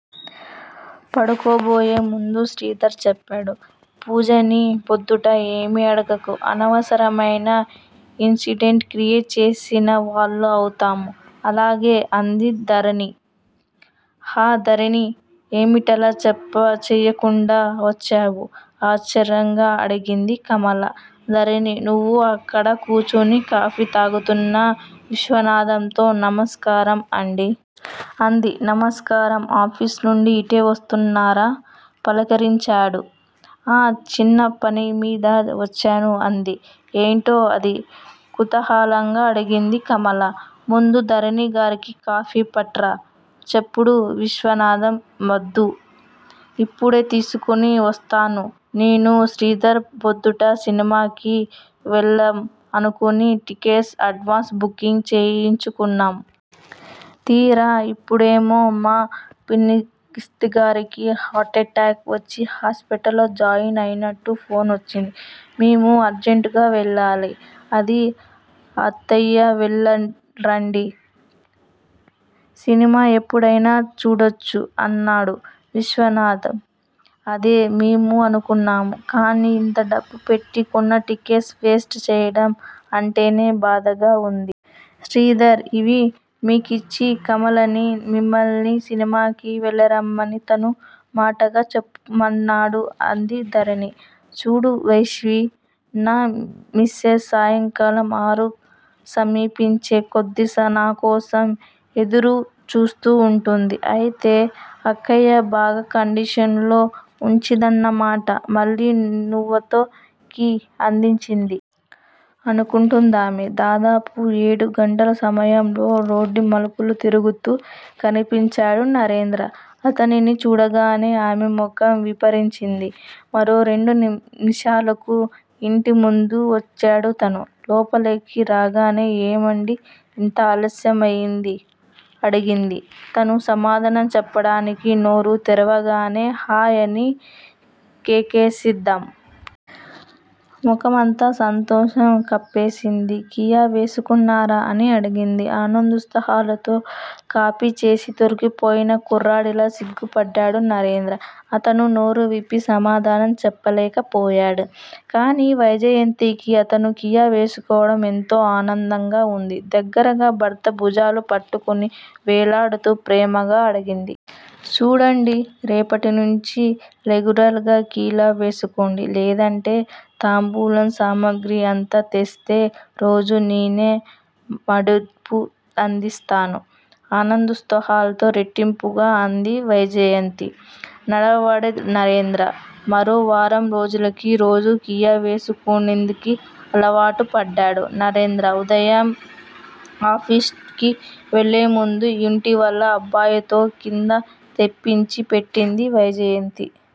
పడుకోబోయే ముందు శ్రీధర్ చెప్పాడు. పూజని పొద్దుట ఏమీ అడగకు! అనవసరమైన ఇంట్రెస్ట్ క్రియేట్ చేసిన వాళ్ళం అవుతాం. అలాగే! అంది ధరణి. హాయ్ ధరణీ! ఏమిటిలా చెప్పాచెయ్యకుండా వచ్చావు? ఆశ్చర్యంగా అడిగింది కమల. ధరణి నువ్వు అక్కడే కూర్చుని కాఫీ తాగుతున్న విశ్వనాథంతో నమస్కారం అండీ! అంది. నమస్కారం ఆఫీసునుండి ఇటే వస్తున్నారా? పలకరించాడు. ఆ చిన్న పనిమీద వచ్చాను అంది. ఏమిటో అది? కుతూహలంగా అడిగింది కమల. ముందు ధరణిగారికి కాఫీ పట్రా! చెప్పుడు విశ్వనాథం. వద్దు! ఇప్పుడే తీసుకుని వస్తున్నాను. నేనూ శ్రీధర్ ప్రొద్దుట సినిమాకి వెళ్దాం అనుకుని టికెట్స్ ఎడ్వాన్స్ బుకింగ్ చేయించుకున్నాం. తీరా ఇప్పుడేమో మా పిన్నత్తగారికి హార్ట్ ఎటాక్ వచ్చి హాస్పిటల్ లో జాయిన్ అయినట్లు ఫోన్ వచ్చింది. మేము అర్జెంటుగా వెళ్ళాలి! అంది. అయ్యయ్యో వెళ్ళిరండి. సినిమా ఎప్పుడైనా చూడచ్చు! అన్నాడు విశ్వనాథం. అదే మేమూ అనుకున్నాం. కానీ ఇంత డబ్బు పెట్టి కొన్న టికెట్స్ వేస్ట్ చెయ్యడం అంటేనే బాధగా ఉంది. శ్రీధర్ ఇవి మీకిచ్చి కమలనీ, మిమ్మల్ని సినిమాకి వెళ్ళిరమ్మని తన మాటగా చెప్పమన్నాడు అంది ధరణి. చూడు శైవి! నా మిసెస్ సాయంకాలం ఆరు సమీపించే కొద్ది నాకోసం ఎదురు చూస్తూ వుంటుంది! అయితే అక్కయ్య బాగా కండిషన్లో వుంచిందన్నమాట! మళ్ళీ నవుతో కిళ్ళి అందించింది. అనుకుంటుందామె. దాదాపు ఏడుగంటల సమయంలో రోడ్డు మలుపు తిరుగుతూ కనిపించాడు నరేంద్ర అతన్ని చూడగానే ఆమె ముఖం విప్పారింది. మరో రెండు నిమిషాలకి యింటి ముందుకు వచ్చాడతను. లోపలికి రాగానే ఏవండి యింత అలస్యమైనది అడిగింది. అతను సమాధానం చెప్పటానికి నోరు తెరవగానే హయ్ అని కేకేసిందామె. ముఖమంతా సంతోషం కప్పేసింది. కిళ్ళి వేసుకున్నారా?! అని అడిగింది ఆనందోత్సాహాలతో. కాపి చేస్తూ దొరికిపోయిన కుర్రాడిలా సిగ్గుపడ్డాడు నరేంద్ర. అతను నోరువిప్పి సమాధానం చెప్పలేకపోయాడు. కానీ వైజయంతికి అతను కిళ్ళి వేసుకోవటం ఎంతో ఆనందంగా వుంది. దగ్గరగా భర్త భుజాలు పట్టుకుని వేలాడుతూ ప్రేమగా అడిగింది. చూడండి? రేపటి నుంచి రెగ్యులర్ గా కిళ్ళి వేసుకోండి. లేదంటే తాంబూలం సామాగ్రి అంతా తెస్తే రోజు నేనూ మడుపు అందిస్తాను! ఆనందోత్సాహాలు రేటింపుగా అంది వైజయంతి. నవాడు నరేంద్ర. మరో వారం రోజులకి రోజు కిళ్ళి వేసుకుందికి అలవాటు పడ్డాడు. నరేంద్ర ఉదయం ఆఫీసుకి వెళ్ళేముందు యింటి వల్ల అబ్బాయితో కిళ్ళి తెప్పించి పెట్టేది వైజయంతి.